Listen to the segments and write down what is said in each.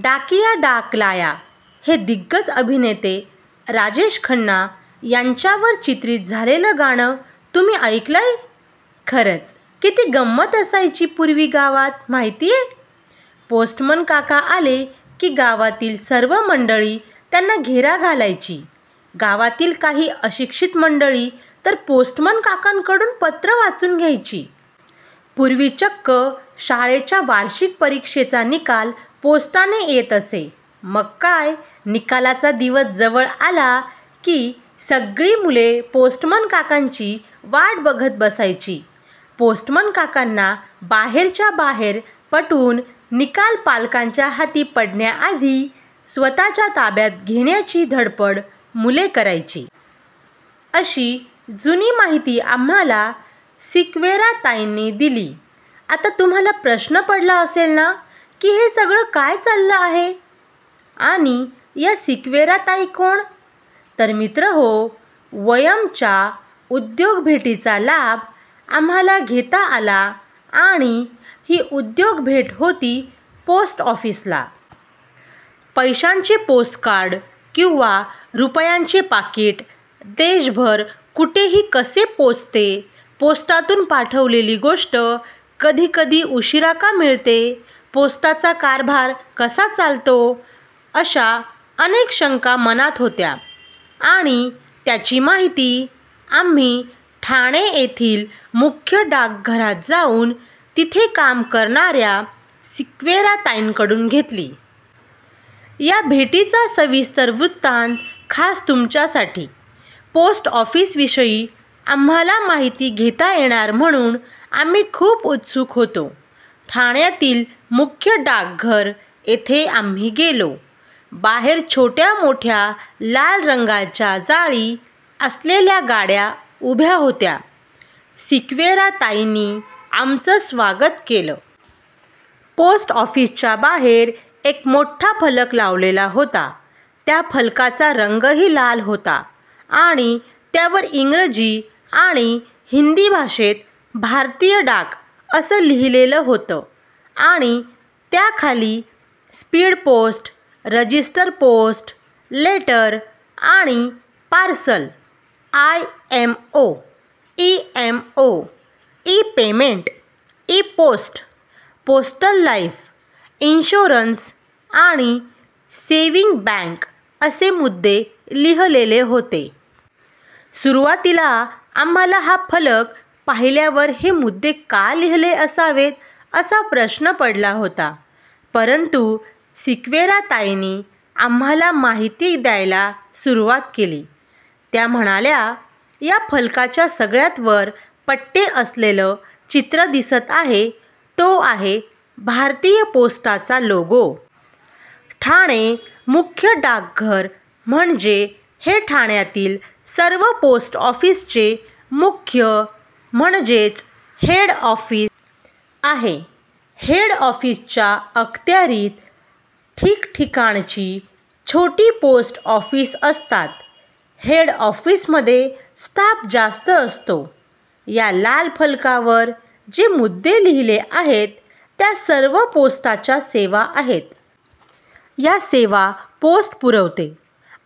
डाकिया डाक लाया... ' हे दिग्गज अभिनेते राजेश खन्ना यांच्यावर चित्रित झालेलं गाणं तुम्ही ऐकलय? खरंच किती गंमत असायची पूर्वी गावात माहितीये? पोस्टमन काका आले की गावातील सर्व मंडळी त्यांना घेरा घालायची. गावातील काही अशिक्षित मंडळी तर पोस्टमन काकांकडून पत्र वाचून घ्यायची. पूर्वी चक्क शाळेच्या वार्षिक परीक्षेचा निकाल पोस्टाने येत असे. मग काय, निकालाचा दिवस जवळ आला की, सगळी मुले पोस्टमन काकांची वाट बघत बसायची. पोस्टमन काकांना बाहेरच्या बाहेर पटवून निकाल पालकांच्या हाती पडण्याआधी स्वतःच्या ताब्यात घेण्याची धडपड मुले करायची.... अशी जुनी माहिती आम्हांला सिक्वेरा ताईनी दिली. आता तुम्हांला प्रश्न पडला असेल ना, की हे सगळं काय चाललं आहे आणि या सिक्वेरा ताई कोण? तर मित्रहो, 'वयम्'च्या उद्योग भेटीचा लाभ आम्हांला घेता आला आणि ही उद्योग भेट होती पोस्ट ऑफिसला. पैशांचे पोस्टकार्ड किंवा रुपयांचे पाकीट देशभर कुठेही कसे पोचते, पोस्टातून पाठवलेली गोष्ट कधी कधी उशिरा का मिळते, पोस्टाचा कारभार कसा चालतो- अशा अनेक शंका मनात होत्या आणि त्याची माहिती आम्ही ठाणे येथील मुख्य डाकघरात जाऊन तिथे काम करणाऱ्या सिक्वेरा ताईंकडून घेतली. या भेटीचा सविस्तर वृत्तान्त खास तुमच्यासाठी... पोस्ट ऑफिसविषयी आम्हांला माहिती घेता येणार म्हणून आम्ही खूप उत्सुक होतो. ठाण्यातील मुख्य डाकघर येथे आम्ही गेलो. बाहेर छोट्या-मोठ्या लाल रंगाच्या जाळी असलेल्या गाड्या उभ्या होत्या. सिक्वेरा ताईनी आमचं स्वागत केलं. पोस्ट ऑफिसच्या बाहेर एक मोठा फलक लावलेला होता. त्या फलकाचा रंगही लाल होता आणि त्यावर इंगजी आणि हिंदी भाषेत 'भारतीय डाक', '' असं लिहिलेलं होतं आणि त्याखाली speed post, register post, letter आणि parcel, iMO, e- MO, e payment, e post, postal life insurance आणि सेव्हिंग बँक असे मुद्दे लिहलेले होते. सुरुवातीला आम्हांला हा फलक पाहिल्यावर हे मुद्दे का लिहले असावेत, असा प्रश्न पडला होता. परंतु सिक्वेरा ताईनी आम्हांला माहिती द्यायला सुरुवात केली. त्या म्हणाल्या, "या फलकाच्या सगळ्यात वर पट्टे असलेलं चित्र दिसतं आहे, तो आहे भारतीय पोस्टाचा लोगो! ठाणे मुख्य डाकघर म्हणजे हे ठाण्यातील सर्व पोस्ट ऑफिसचे मुख्य म्हणजेच हेड ऑफिस आहे. हेड ऑफिसच्या अख्यात्यारीत ठीकाठीकाणची छोटी पोस्ट ऑफिस असतात. हेड ऑफिसमध्ये स्टाफ जास्त असतो. या लाल फलकावर जे मुद्दे लिहिले आहेत, त्या सर्व पोस्टाच्या सेवा आहेत. या सेवा पोस्ट पुरवते.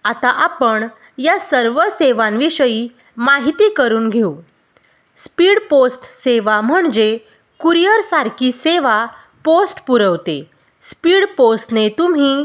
आता आपण या सर्व सेवांविषयी माहिती करुन घेऊ. स्पीड पोस्ट सेवा म्हणजे कुरियर सारखी सेवा पोस्ट पुरवते. स्पीड पोस्ट ने तुम्ही